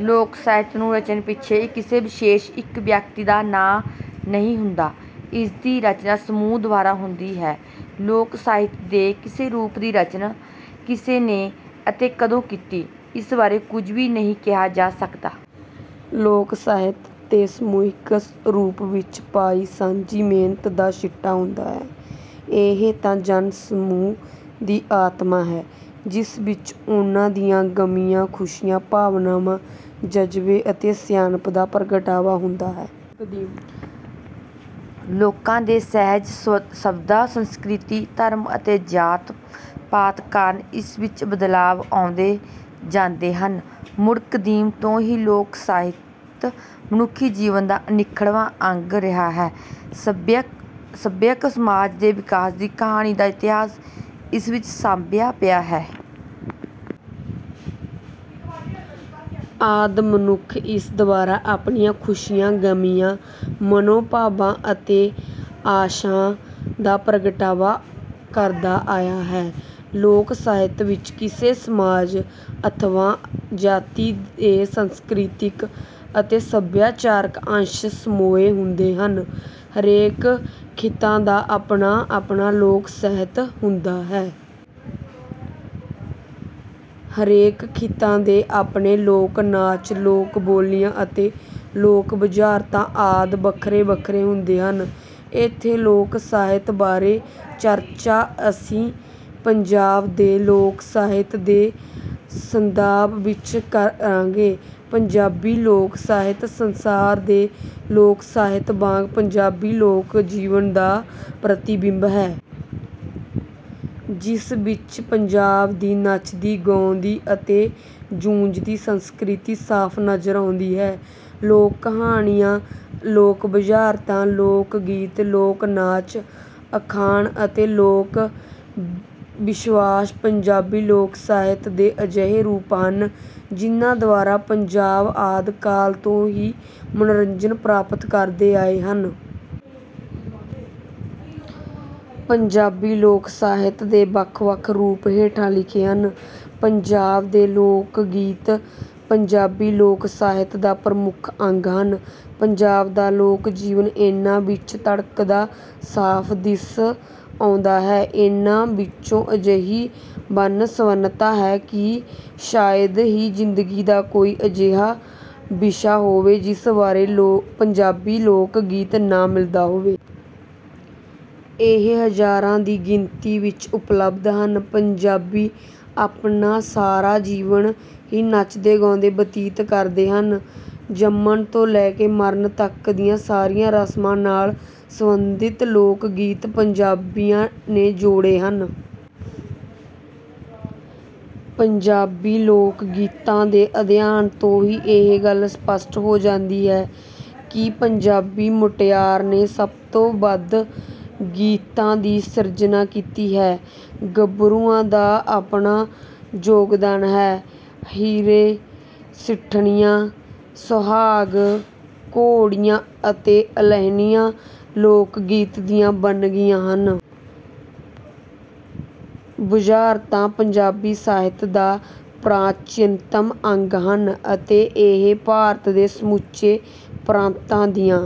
ਲੋਕ ਸਾਹਿਤ ਨੂੰ ਰਚਨ ਪਿੱਛੇ ਕਿਸੇ ਵਿਸ਼ੇਸ਼ ਇੱਕ ਵਿਅਕਤੀ ਦਾ ਨਾਂ ਨਹੀਂ ਹੁੰਦਾ। ਇਸ ਦੀ ਰਚਨਾ ਸਮੂਹ ਦੁਆਰਾ ਹੁੰਦੀ ਹੈ। ਲੋਕ ਸਾਹਿਤ ਦੇ ਕਿਸੇ ਰੂਪ ਦੀ ਰਚਨਾ ਕਿਸ ਨੇ ਅਤੇ ਕਦੋਂ ਕੀਤੀ, ਇਸ ਬਾਰੇ ਕੁਝ ਵੀ ਨਹੀਂ ਕਿਹਾ ਜਾ ਸਕਦਾ। ਲੋਕ ਸਾਹਿਤ ਤਾਂ ਸਮੂਹਿਕ ਰੂਪ ਵਿੱਚ ਪਾਈ ਸਾਂਝੀ ਮਿਹਨਤ ਦਾ ਸਿੱਟਾ ਹੁੰਦਾ ਹੈ। ਇਹ ਤਾਂ ਜਨ-ਸਮੂਹ ਦੀ ਆਤਮਾ ਹੈ, ਜਿਸ ਵਿੱਚ ਉਨ੍ਹਾਂ ਦੀਆਂ ਗਮੀਆਂ, ਖੁਸ਼ੀਆਂ, ਭਾਵਨਾਵਾਂ, ਜਜ਼ਬਿਆਂ ਅਤੇ ਸਿਆਣਪ ਦਾ ਪ੍ਰਗਟਾਵਾ ਹੁੰਦਾ ਹੈ। ਲੋਕਾਂ ਦੇ ਸੁਹਜ ਸਵਾਦ, ਸੰਸਕ੍ਰਿਤੀ, ਧਰਮ ਅਤੇ ਜਾਤ-ਪਾਤ ਕਾਰਨ ਇਸ ਵਿੱਚ ਬਦਲਾਵ ਆਉਂਦੇ ਜਾਂਦੇ ਹਨ। ਮੁੱਢ ਕਦੀਮ ਤੋਂ ਹੀ ਲੋਕ ਸਾਹਿਤ ਮਨੁੱਖੀ ਜੀਵਨ ਦਾ ਅਨਿੱਖੜਵਾਂ ਅੰਗ ਰਿਹਾ ਹੈ। ਸੱਭਿਅਕ ਸਮਾਜ ਦੇ ਵਿਕਾਸ ਦੀ ਕਹਾਣੀ ਦਾ ਇਤਿਹਾਸ ਇਸ ਵਿੱਚ ਸਾਂਭਿਆ ਪਿਆ ਹੈ। ਆਦਿ ਮਨੁੱਖ ਇਸ ਦੁਆਰਾ ਆਪਣੀਆਂ ਖੁਸ਼ੀਆਂ, ਗਮੀਆਂ, ਮਨੋਭਾਵਾਂ ਅਤੇ ਆਸ਼ਾਵਾਂ ਦਾ ਪ੍ਰਗਟਾਵਾ ਕਰਦਾ ਆਇਆ ਹੈ। ਲੋਕ ਸਾਹਿਤ ਵਿੱਚ ਕਿਸੇ ਸਮਾਜ ਅਥਵਾ ਜਾਤੀ ਦੇ ਸੰਸਕ੍ਰਿਤਕ ਅਤੇ ਸੱਭਿਆਚਾਰਕ ਅੰਸ਼ ਸਮੋਏ ਹੁੰਦੇ ਹਨ। ਹਰੇਕ ਖਿੱਤੇ ਦਾ ਆਪਣਾ-ਆਪਣਾ ਲੋਕ ਸਾਹਿਤ ਹੁੰਦਾ ਹੈ। ਹਰੇਕ ਖਿੱਤੇ ਦੇ ਆਪਣੇ ਲੋਕ ਨਾਚ, ਲੋਕ ਬੋਲੀਆਂ ਅਤੇ ਲੋਕ ਬੁਝਾਰਤਾਂ ਆਦਿ ਵੱਖਰੇ-ਵੱਖਰੇ ਹੁੰਦੇ ਹਨ। ਇੱਥੇ ਲੋਕ ਸਾਹਿਤ ਬਾਰੇ ਚਰਚਾ ਅਸੀਂ ਪੰਜਾਬ ਦੇ ਲੋਕ ਸਾਹਿਤ ਦੇ ਸੰਦਰਭ ਵਿੱਚ ਕਰਾਂਗੇ। ਪੰਜਾਬੀ ਲੋਕ ਸਾਹਿਤ, ਸੰਸਾਰ ਦੇ ਲੋਕ ਸਾਹਿਤ ਵਾਂਗ ਪੰਜਾਬੀ ਲੋਕ ਜੀਵਨ ਦਾ ਪ੍ਰਤੀਬਿੰਬ ਹੈ। ਜਿਸ ਵਿੱਚ ਪੰਜਾਬ ਦੀ ਨੱਚਦੀ, ਗਾਉਂਦੀ ਅਤੇ ਜੂਝਦੀ ਸੰਸਕ੍ਰਿਤੀ ਸਾਫ਼ ਨਜ਼ਰ ਆਉਂਦੀ ਹੈ। ਲੋਕ ਕਹਾਣੀਆਂ, ਲੋਕ ਬੁਝਾਰਤਾਂ, ਲੋਕ ਗੀਤ, ਲੋਕ ਨਾਚ, ਅਖਾਣ ਅਤੇ ਲੋਕ ਵਿਸ਼ਵਾਸ ਪੰਜਾਬੀ ਲੋਕ ਸਾਹਿਤ ਦੇ ਅਜਿਹੇ ਰੂਪ ਹਨ, ਜਿਨ੍ਹਾਂ ਦੁਆਰਾ ਪੰਜਾਬੀ ਆਦਿ ਕਾਲ ਤੋਂ ਹੀ ਮਨੋਰੰਜਨ ਪ੍ਰਾਪਤ ਕਰਦੇ ਆਏ ਹਨ। ਪੰਜਾਬੀ ਲੋਕ ਸਾਹਿਤ ਦੇ ਵੱਖ-ਵੱਖ ਰੂਪ ਹੇਠ ਲਿਖੇ ਹਨ। ਪੰਜਾਬੀ ਦੇ ਲੋਕ ਗੀਤ ਪੰਜਾਬੀ ਲੋਕ ਸਾਹਿਤ ਦਾ ਪ੍ਰਮੁੱਖ ਅੰਗ ਹਨ। ਪੰਜਾਬ ਦਾ ਲੋਕ ਜੀਵਨ ਇਹਨਾਂ ਵਿੱਚ ਧੜਕਦਾ ਸਾਫ਼ ਦਿਸ ਆਉਂਦਾ ਹੈ। ਇਹਨਾਂ ਵਿੱਚ ਅਜਿਹੀ ਵੰਨ-ਸੁਵੰਨਤਾ ਹੈ ਕਿ ਸ਼ਾਇਦ ਹੀ ਜ਼ਿੰਦਗੀ ਦਾ ਕੋਈ ਅਜਿਹਾ ਵਿਸ਼ਾ ਹੋਵੇ ਜਿਸ ਬਾਰੇ ਪੰਜਾਬੀ ਲੋਕ ਗੀਤ ਨਾ ਮਿਲਦਾ ਹੋਵੇ। ਇਹ ਹਜ਼ਾਰਾਂ ਦੀ ਗਿਣਤੀ ਵਿੱਚ ਉਪਲਬਧ ਹਨ। ਪੰਜਾਬੀ ਆਪਣਾ ਸਾਰਾ ਜੀਵਨ ਹੀ ਨੱਚਦੇ-ਗਾਉਂਦੇ ਬਤੀਤ ਕਰਦੇ ਹਨ। ਜੰਮਣ ਤੋਂ ਲੈ ਕੇ ਮਰਨ ਤੱਕ ਦੀਆਂ ਸਾਰੀਆਂ ਰਸਮਾਂ ਨਾਲ ਸੰਬੰਧਿਤ ਲੋਕ ਗੀਤ ਪੰਜਾਬੀਆਂ ਨੇ ਜੋੜੇ ਹਨ। ਪੰਜਾਬੀ ਲੋਕ ਗੀਤਾਂ ਦੇ ਅਧਿਐਨ ਤੋਂ ਇਹ ਗੱਲ ਸਪਸ਼ਟ ਹੋ ਜਾਂਦੀ ਹੈ ਕਿ ਪੰਜਾਬੀ ਮੁਟਿਆਰ ਨੇ ਸਭ ਤੋਂ ਵੱਧ ਗੀਤਾਂ ਦੀ ਸਿਰਜਣਾ ਕੀਤੀ ਹੈ। ਗੱਭਰੂਆਂ ਦਾ ਵੀ ਆਪਣਾ ਯੋਗਦਾਨ ਹੈ। ਹੇਰੇ, ਸਿੱਠਣੀਆਂ, ਸੁਹਾਗ, ਘੋੜੀਆਂ ਅਤੇ ਅਲੋ੍ਹਣੀਆਂ ਲੋਕ ਗੀਤਾਂ ਦੀਆਂ ਵੰਨਗੀਆਂ ਹਨ। ਬੁਝਾਰਤਾਂ ਪੰਜਾਬੀ ਸਾਹਿਤ ਦਾ ਪ੍ਰਾਚੀਨਤਮ ਅੰਗ ਹਨ, ਅਤੇ ਇਹ ਭਾਰਤ ਦੇ ਸਮੁੱਚੇ ਪ੍ਰਾਂਤਾਂ ਦੀਆਂ